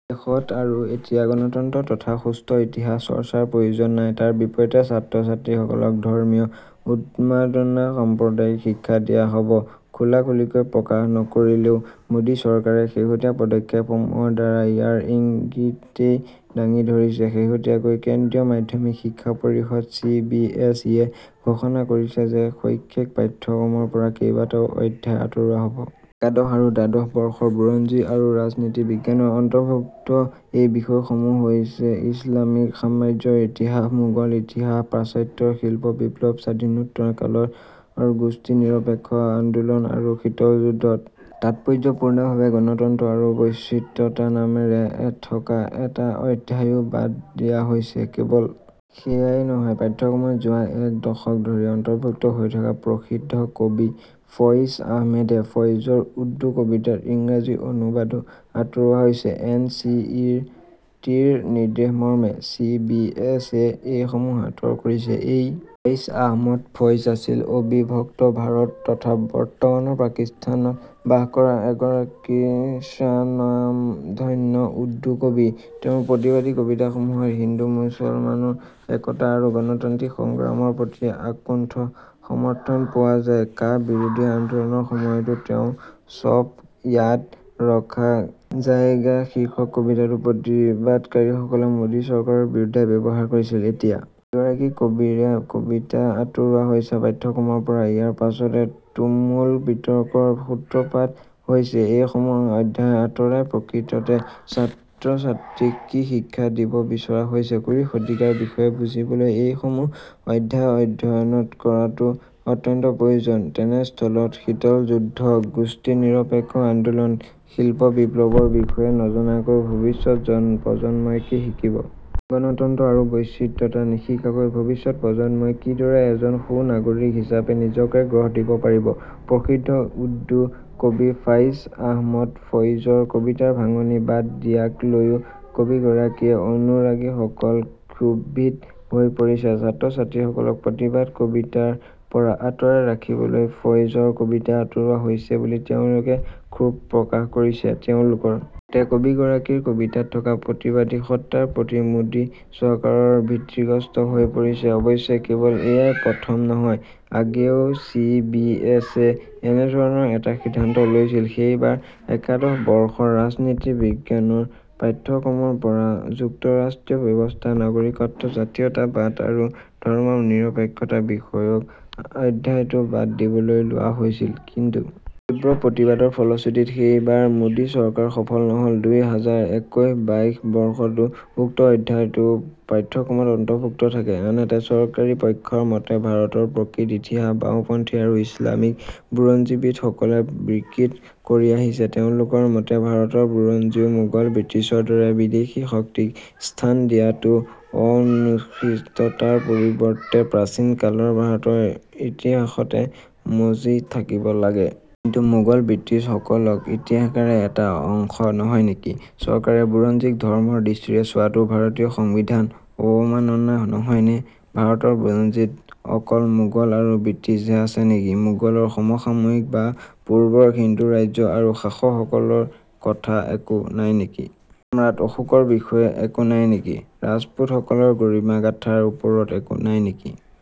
দেশত আৰু এতিয়া গণতন্ত্ৰ তথা সুস্থ ইতিহাস চৰ্চাৰ প্ৰয়োজন নাই। তাৰ বিপৰীতে ছাত্ৰছাত্ৰীসকলক ধৰ্মীয় উন্মাদনা, সাম্প্ৰদায়িক শিক্ষা দিয়া হ'ব। খোলাখুলিকৈ প্ৰকাশ নকৰিলেও মোদী চৰকাৰে শেহতীয়া পদক্ষেপসমূহৰ দ্বাৰা ইয়াৰ ইংগিতেই দাঙি ধৰিছে। শেহতীয়াকৈ কেন্দ্ৰীয় মাধ্যমিক শিক্ষা পৰিষদ চি‌ বি এছ ইয়ে ঘোষণা কৰিছে যে শৈক্ষিক পাঠ্যক্ৰমৰ পৰা কেইবাটাও অধ্যায় আঁতৰোৱা হ'ব । একাদশ আৰু দ্বাদশ বৰ্ষৰ বুৰঞ্জী আৰু ৰাজনীতি বিজ্ঞানৰ অন্তৰ্ভূক্ত এই বিষয়সমূহ হৈছে ইচলামিক সাম্ৰাজ্যৰ ইতিহাস, মোগল ইতিহাস, পাশ্চাত্যৰ শিল্প বিপ্লৱ, স্বাধীনোত্তৰ কালৰ গোষ্ঠী নিৰপেক্ষ আন্দোলন আৰু শীতল যুদ্ধ। তাৎপৰ্যপূৰ্ণভাৱে গণতন্ত্ৰ আৰু বৈচিত্ৰতা নামেৰে থকা এটা অধ্যায়ও বাদ দিয়া হৈছে। কেৱল সেয়াই নহয়, পাঠ্যক্ৰমত যোৱা এক দশক ধৰি অন্তৰ্ভুক্ত হৈ থকা প্ৰসিদ্ধ কবি ফইজ আহমেদ ফইজৰ উৰ্দু কবিতাৰ ইংৰাজী অনুবাদো আঁতৰোৱা হৈছে। এন চি ই আৰ টিৰ নিৰ্দেশমৰ্মে চি বি এছ ইয়ে এইসমূহ আঁতৰ কৰিছে। এই ফইজ আহমদ ফইজ আছিল অবিভক্ত ভাৰত তথা বৰ্তমানৰ পাকিস্তানত বাস কৰা এগৰাকী স্বনামধন্য উৰ্দু কবি। তেওঁৰ প্ৰতিবাদী কবিতাসমূহত হিন্দুমুছলমানৰ একতা আৰু গণতান্ত্ৰিক সংগ্ৰামৰ প্ৰতি আকুণ্ঠ সমৰ্থন পোৱা যায়। কা বিৰোধী আন্দোলনৰ সময়তো তেওঁৰ চব য়াদ ৰখা জায়েগা শীৰ্ষক কবিতাটো প্ৰতিবাদকাৰীসকলে মোদী চৰকাৰৰ বিৰুদ্ধে ব্যৱহাৰ কৰিছিল। এতিয়া এইগৰাকী কবিৰে কবিতা আঁতৰোৱা হৈছে পাঠ্যক্ৰমৰ পৰা। ইয়াৰ পাছতে তুমূল বিতৰ্কৰ সূত্ৰপাত হৈছে। এইসমূহ অধ্যায় আঁতৰাই প্ৰকৃততে ছাত্ৰছাত্ৰীক কি শিক্ষা দিব বিচৰা হৈছে? কুৰি শতিকাৰ বিষয়ে বুজিবলৈ এইসমূহ অধ্যায় অধ্যয়ন কৰাটো অত্যন্ত প্ৰয়োজন। তেনেস্থলত শীতল যুদ্ধ, গোষ্ঠীনিৰপেক্ষ আন্দোলন, শিল্প বিপ্লৱৰ বিষয়ে নজনাকৈ ভৱিষ্যত প্ৰজন্মই কি শিকিব? গণতন্ত্ৰ আৰু বৈচিত্ৰতা নিশিকাকৈ ভৱিষ্যত প্ৰজন্মই কিদৰে এজন সুনাগৰিক হিচাপে নিজকে গঢ় দিব পাৰিব? প্ৰসিদ্ধ উৰ্দু কবি ফইজ আহমদ ফইজৰ কবিতাৰ ভাঙনি বাদ দিয়াক লৈও কবিগৰাকীৰ অনুৰাগীসকল ক্ষোভিত হৈ পৰিছে। ছাত্ৰছাত্ৰীসকলক প্ৰতিবাদী কবিতাৰ পৰা আঁতৰাই ৰাখিবলৈকে ফইজৰ কবিতা আঁতৰোৱা হৈছে বুলি তেওঁলোকে ক্ষোভ প্ৰকাশ কৰিছে। তেওঁলোকৰ মতে কবিগৰাকীৰ কবিতাত থকা প্ৰতিবাদী সত্ত্বাৰ প্ৰতি মোদী চৰকাৰ ভীতিগ্ৰস্ত হৈ পৰিছে। অৱশ্যে কেৱল এয়াই প্ৰথম নহয়। আগেয়েও চি বি এছ ইয়ে এনেধৰণৰ এটা সিদ্ধান্ত লৈছিল, সেইবাৰ একাদশ বৰ্ষৰ ৰাজনীতি বিজ্ঞানৰ পাঠ্যক্ৰমৰ পৰা যুক্তৰাষ্ট্ৰীয় ব্যৱস্থা, নাগৰিকত্ব, জাতীয়তাবাদ আৰু ধৰ্মনিৰপেক্ষতা বিষয়ক অধ্যায়টো বাদ দিবলৈ লোৱা হৈছিল। কিন্তু তীব্ৰ প্ৰতিবাদৰ ফলশ্ৰুতিত সেইবাৰ মোদী চৰকাৰ সফল নহ'ল। দুই হাজাৰ একৈশ বাইশ বৰ্ষতো উক্ত অধ্যায়টো পাঠ্যক্ৰমত অন্তৰ্ভুক্ত থাকে। আনহাতে চৰকাৰী পক্ষৰ মতে ভাৰতৰ প্ৰকৃত ইতিহাস বাওঁপন্থী আৰু ইছলামিক বুৰঞ্জীবিদসকলে বিকৃত কৰি আহিছে। তেওঁলোকৰ মতে ভাৰতৰ বুৰঞ্জীত মোগল ব্ৰিটিছৰ দৰে বিদেশী শক্তিক স্থান দিয়াটো অনুচিততাৰ পৰিবৰ্তে প্ৰাচীন কালৰ ভাৰতৰ ইতিহাসতে মজি থাকিব লাগে। কিন্তু মোগল ব্ৰিটিছসকল ইতিহাসৰে এটা অংশ নহয় নেকি? চৰকাৰে বুৰঞ্জীক ধৰ্মৰ দৃষ্টিৰে চোৱাটো ভাৰতীয় সংবিধান অৱমাননা নহয় নে? ভাৰতৰ বুৰঞ্জীত অকল মোগল আৰু ব্ৰিটিছহে আছে নেকি? মোগলৰ সমসাময়িক বা পূৰ্বৰ হিন্দু ৰাজ্য আৰু শাসকসকলৰ কথা একো নাই নেকি? সম্ৰাট অশোকৰ বিষয়ে একো নাই নেকি? ৰাজপুতসকলৰ গৰিমা গাথাৰ ওপৰত একো নাই নেকি?